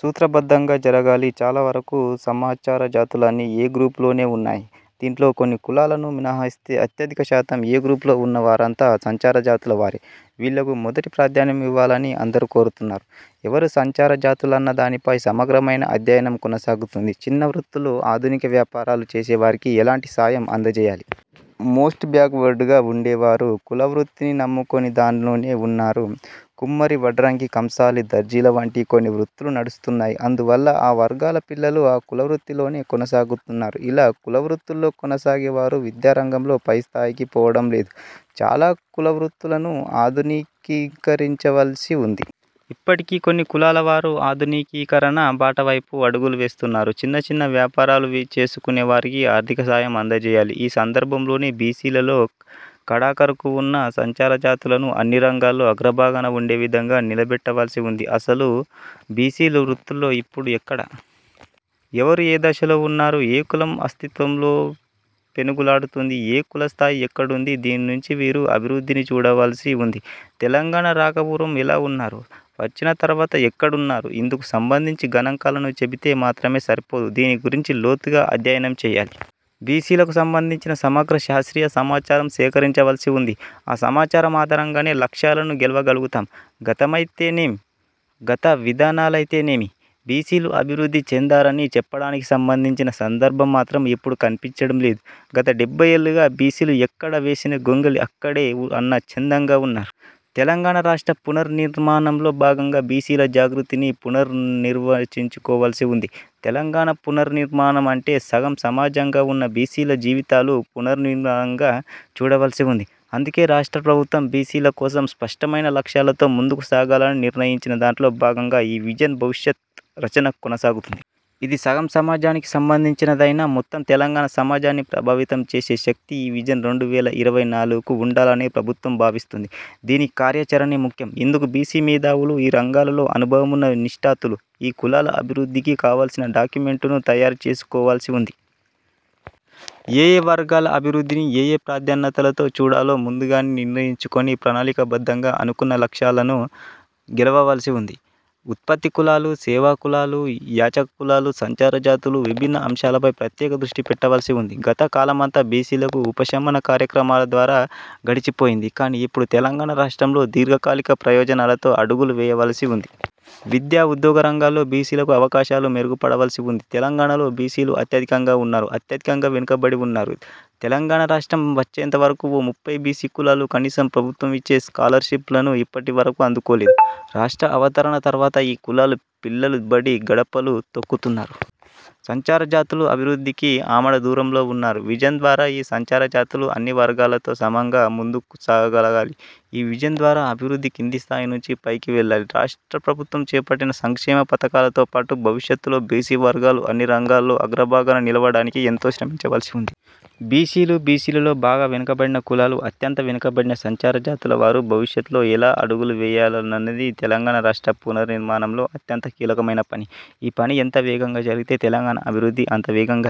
సూత్రబద్ధంగా జరగాలి. చాలా వరకు సంచారజాతులన్నీ 'ఏ' గ్రూపులోనే ఉన్నాయి. దీంట్లో కొన్ని కులాలను మినహాయిస్తే అత్యధిక శాతం 'ఏ' గ్రూపులో ఉన్న వారంతా సంచారజాతులవారే. వీళ్లకు మొదటి ప్రాధాన్యం ఇవ్వాలని అందరూ కోరుతున్నారు. ఎవరు సంచారజాతులన్న దానిపై సమగ్రమైన అధ్యయనం కొనసాగుతుంది. చిన్న వృత్తులు, ఆధునిక వ్యాపారాలు చేసేవారికి ఎలాంటి సాయం అందజేయాలి. మోస్ట్ బ్యాక్ వర్డ్ గా ఉండేవారు కులవృత్తిని నమ్ముకొని దాన్లోనే ఉన్నారు. కుమ్మరి, వడ్రంగి, కంసాలి, దర్జీల వంటి కొన్ని వృత్తులు నడుస్తున్నాయి. అందువల్ల ఆ వర్గాల పిల్లలు ఆ కులవృత్తిలోనే కొనసాగుతున్నారు. ఇలా కులవృత్తుల్లో కొనసాగేవారు విద్యారంగంలో పైస్థాయికి పోవడం లేదు. చాలా కులవృత్తులను ఆధునికీకరించవల్సి ఉంది. ఇప్పటికే కొన్ని కులాల వారు ఆధునికీకరణ బాటవైపు అడుగులు వేస్తున్నారు. చిన్నచిన్న వ్యాపారాలు చేసుకునే వారికి ఆర్థిక సాయం అందజేయాలి. ఈ సందర్భంలోనే బీసీలలో కడాఖరుకు ఉన్న సంచారజాతులను అన్ని రంగాల్లో అగ్రభాగాన ఉండే విధంగా నిలబెట్టవల్సి ఉంది. అసలు బీసీలు వృత్తుల్లో ఇప్పుడు ఎక్కడ? ఎవరు? ఏ దశలో ఉన్నారు? ఏ కులం అస్తిత్వంతో పెనుగులాడుతుంది. ఏ కుల స్థాయి ఎక్కడుంది? దీని నుంచి వీరి అభివృద్ధిని చూడవల్సి ఉంది. తెలంగాణ రాకపూర్వం ఎలా ఉన్నారు? వచ్చిన తర్వాత ఎక్కడున్నారు? ఇందుకు సంబంధించి గణాంకాలను చెబితే మాత్రమే సరిపోదు. దీని గురించి లోతుగా అధ్యయనం చేయాలి. బీసీలకు సంబంధించిన సమగ్ర శాస్త్రీయ సమాచారం సేకరించవల్సి ఉంది. ఆ సమాచారం ఆధారంగానే లక్ష్యాలను గెలవగలుతాం. గతమైతేనేమి, గత విధానాలైతేనేమి బీసీలు అభివృద్ధి చెందారని చెప్పడానికి సంబంధించిన సందర్భం మాత్రం ఇప్పుడు కన్పించడం లేదు. గత డెబ్బై ఏళ్లుగా బీసీలు ఎక్కడ వేసిన గొంగళి అక్కడే అన్న చందంగా ఉన్నారు. తెలంగాణ రాష్ట్ర పునర్నిర్మాణంలో భాగంగా బీసీల జాగృతిని పునర్ నిర్వచించుకోవల్సి ఉంది. తెలంగాణ పునర్నిర్మాణం అంటే సగం సమాజంగా ఉన్న బీసీల జీవితాలు పునర్నిర్మాణంగా చూడవల్సి ఉంది. అందుకే రాష్ట్ర ప్రభుత్వం బీసీల కోసం స్పష్టమైన లక్ష్యాలతో ముందుకు సాగాలని నిర్ణయించిన దాంట్లో భాగంగా ఈ విజన్ భవిష్యత్ రచన కొనసాగుతుంది. ఇది సగం సమాజానికి సంబంధించినదైనా మొత్తం తెలంగాణ సమాజాన్ని ప్రభావితం చేసే శక్తి ఈ విజన్ రెండు వేల ఇరవై నాలుగుకు ఉండాలని ప్రభుత్వం భావిస్తుంది. దీనికి కార్యాచరణే ముఖ్యం. ఇందుకు బీసీ మేధావులు, ఈ రంగాలలో అనుభవం ఉన్న నిష్ణాతులు ఈ కులాల అభివృద్ధికి కావాల్సిన డాక్యుమెంటును తయారుచేయవల్సి ఉంది. ఏయే వర్గాల అభివృద్ధిని ఏయే ప్రాధాన్యతలతో చూడాలో ముందుగానే నిర్ణయించుకొని ప్రణాళికబద్ధంగా అనుకున్న లక్ష్యాలను గెలవవలసి ఉంది. ఉత్పత్తి కులాలు, సేవాకులాలు, యాచక కులాలు, సంచారజాతులు విభిన్న అంశాలపై ప్రత్యేక దృష్టిపెట్టవల్సి ఉంది. గత కాలమంతా బీసీలకు ఉపశమన కార్యక్రమాల ద్వారా గడిచిపోయింది. కాని ఇప్పుడు తెలంగాణ రాష్ట్రంలో దీర్ఘకాలిక ప్రయోజనాలతో అడుగులు వేయవల్సి ఉంది. విద్యా, ఉద్యోగరంగాల్లో బీసీలకు అవకాశాలు మెరుగుపడవల్సి ఉంది. తెలంగాణలో బీసీలు అత్యధికంగా ఉన్నారు. అత్యధికంగా వెనుకబడి ఉన్నారు. తెలంగాణ రాష్ట్రం వచ్చేంత వరకు ఓ ముప్పై బీసీ కులాలు కనీసం ప్రభుత్వం ఇచ్చే స్కాలర్ షిప్ లను ఇప్పటి వరకు అందుకోలేదు. రాష్ట్ర అవతరణ తర్వాత ఈ కులాలు పిల్లలు బడి గడపలు తొక్కుతున్నారు. సంచారజాతులు అభివృద్ధికి ఆమడ దూరంలో ఉన్నారు. విజన్ ద్వారా ఈ సంచారజాతులు అన్ని వర్గాలతో సమంగా ముందుకు సాగగలగాలి. ఈ విజన్ ద్వారా అభివృద్ధి కిందిస్థాయినుంచి పైకి వెళ్లాలి. రాష్ట్ర ప్రభుత్వం చేపట్టిన సంక్షేమ పథకాలతో పాటు భవిష్యత్తులో బీసీ వర్గాలు అన్ని రంగాలలో అగ్రభాగాన నిలవడానికి ఎంతో శ్రమించవల్సి ఉంది. బీసీలు, బీసీలలో బాగా వెనుకబడిన కులాలు, అత్యంత వెనుకబడిన సంచారజాతుల వారు భవిష్యత్లో ఎలా అడుగులు వేయాలోనన్నది తెలంగాణ రాష్ట్ర పునర్నిర్మాణంలో అత్యంత కీలకమైన పని. ఈ పని ఎంత వేగంగా జరిగితే తెలంగాణ అభివృద్ధి అంత వేగంగా